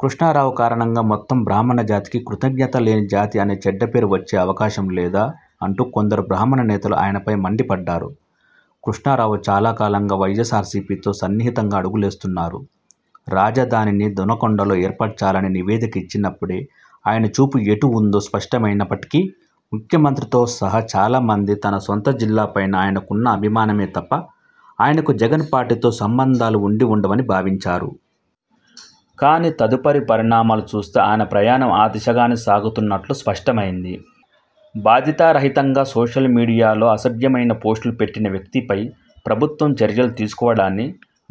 కృష్ణారావు కారణంగా మొత్తం బ్రాహ్మణజాతికి కృతజ్ఞత లేని జాతి అనే చెడ్డపేరు వచ్ఛే అవకాశం లేదా? అంటూకొందరు బ్రాహ్మణ నేతలు ఆయనపై మండిపడ్డారు. కృష్ణారావు చాలా కాలంగా వైయస్ఆర్సీపీతో సన్నిహితంగా అడుగులేస్తున్నారు. రాజధానిని దొనకొండలో ఏర్పరచాలని నివేదిక ఇచ్చినప్పుడే ఆయన చూపు ఎటు ఉందో స్పష్టమైనప్పటికీ, ముఖ్యమంత్రితో సహా చాలా మంది తన స్వంత జిల్లా పైన ఆయనకున్న అభిమానమే తప్ప ఆయనకు జగన్ పార్టీతో సంబంధాలు ఉండి ఉండవని భావించారు. కానీ తదుపరి పరిణామాలు చూస్తే ఆయన ప్రయాణం ఆ దిశగానే సాగుతున్నట్లు స్పష్టమైంది. బాధ్యతారహితంగా సోషల్ మీడియాలో అసభ్యమైన పోస్టులు పెట్టిన వ్యక్తి పై ప్రభుత్వం చర్యలు తీసుకోవడాన్ని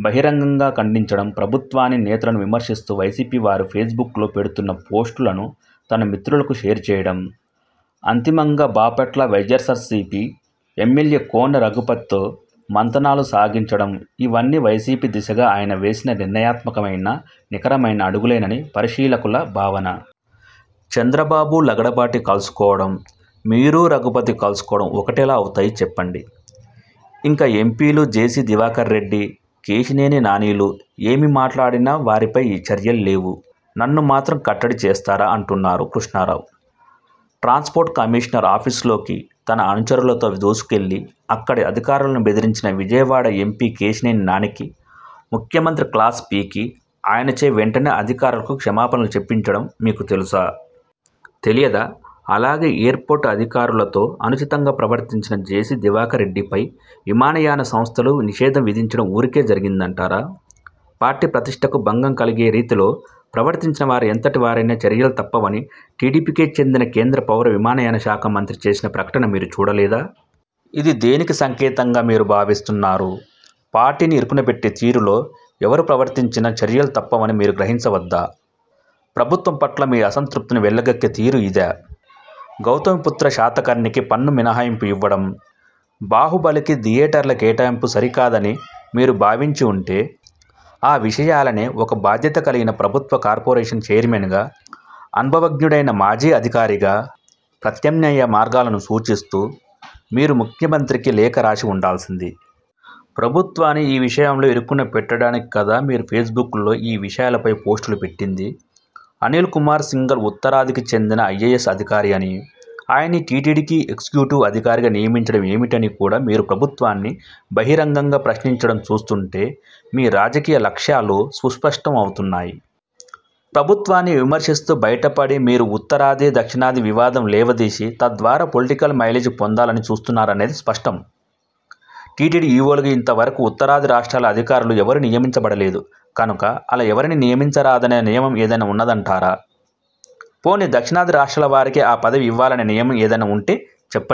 బహిరంగంగా ఖండించడం, ప్రభుత్వాన్ని, నేతలను విమర్శిస్తూ వైసీపీ వారు ఫేస్ బుక్లో పెడుతున్న పోస్టులను తన మిత్రులకు షేర్ చేయడం, అంతిమంగా బాపట్ల వైయస్ఆర్సీపీ ఎమ్మెల్యే కోన రఘుపతితో మంతనాలు సాగించడం -ఇవన్నీ వైసీపీ దిశగా ఆయన వేసిన నిర్ణయాత్మకమైన, నికరమైన అడుగులేనని పరిశీలకుల భావన. చంద్రబాబు – లగడపాటి కలుసుకోవడం, మీరూ రఘుపతి కలుసుకోవడం ఒకటెలా అవుతాయి? చెప్పండి. ఇక ఎంపీలు జేసీ దివాకరరెడ్డి, కేశినేని నానిలు ఏమి మాట్లాడినా వారిపై చర్యలు లేవు. నన్ను మాత్రం కట్టడి చేస్తారా? అంటున్నారు కృష్ణారావు. ట్రాన్స్పోర్ట్ కమిషనర్ ఆఫీసులోకి తన అనుచరులతో దూసుకెళ్లి అక్కడి అధికారులను బెదిరించిన విజయవాడ ఎంపీ కేశినేని నానికి ముఖ్యమంత్రి క్లాస్ పీకి, ఆయనచే వెంటనే అధికారులకు క్షమాపణలు చెప్పించడం మీకు తెలుసా? తెలియదా? అలాగే ఎయిర్ పోర్ట్ అధికారులతో అనుచితంగా ప్రవర్తించిన జేసీ దివాకరరెడ్డి పై విమానయాన సంస్థలు నిషేధం విధించడం ఊరికే జరిగిందంటారా? పార్టీ ప్రతిష్ఠకు భంగం కలిగే రీతిలో ప్రవర్తించినవారు ఎంతటి వారైనా చర్యలు తప్పవని టీడీపీకే చెందిన కేంద్ర పౌర విమానయాన శాఖా మంత్రి చేసిన ప్రకటన మీరు చూడలేదా? ఇది దేనికి సంకేతంగా మీరు భావిస్తున్నారు? పార్టీని ఇరుకునపెట్టే తీరులో ఎవరు ప్రవర్తించినా చర్యలు తప్పవని మీరు గ్రహించవద్దా? ప్రభుత్వం పట్ల మీ అసంతృప్తిని వెళ్లగక్కే తీరు ఇదా? గౌతమీపుత్ర శాతకర్ణికి పన్ను మినహాయింపు ఇవ్వడం, బాహుబలి–- కి థియేటర్ల కేటాయింపు సరికాదని మీరు భావించి ఉంటే ఆ విషయాలనే ఒక బాధ్యతకలిగిన ప్రభుత్వ కార్పొరేషన్ చైర్మన్గా, అనుభవజ్ఞుడైన మాజీ అధికారిగా ప్రత్యామ్నాయ మార్గాలను సూచిస్తూ, మీరు ముఖ్యమంత్రికి లేఖ రాసి ఉండాల్సింది. ప్రభుత్వాన్ని ఈ విషయంలో ఇరుకున పెట్టడానికి కాదా మీరు ఫేస్బుక్లో ఈ విషయాలపై పోస్టులు పెట్టింది? అనిల్ కుమార్ సింఘాల్ ఉత్తరాదికి చెందిన ఐఏఎస్ అధికారి అనీ, ఆయన్ని టీటీడీకి ఎగ్జిక్యూటివ్ అధికారిగా నియమించడం ఏమిటని కూడా మీరు ప్రభుత్వాన్ని బహిరంగంగా ప్రశ్నించడం చూస్తుంటే మీ రాజకీయ లక్ష్యాలు సుస్పష్టం అవుతున్నాయి. ప్రభుత్వాన్ని విమర్శిస్తూ బయటపడి, మీరు ఉత్తరాది – దక్షిణాది వివాదం లేవదీసి, తద్వారా పొలిటికల్ మైలేజి పొందాలని చూస్తున్నారనేది స్పష్టం. టీటీడీ ఈవోలుగా ఇంతవరకు ఉత్తరాది రాష్ట్రాల అధికారులు ఎవరూ నియమించబడలేదు కనుక అలా ఎవరినీ నియమించరాదనే నియమం ఏదైనా ఉన్నదంటారా? పోనీ దక్షిణాది రాష్ట్రాల వారికే ఆ పదవి ఇవ్వాలనే నియమం ఏదైనా ఉంటే చెప్పండి.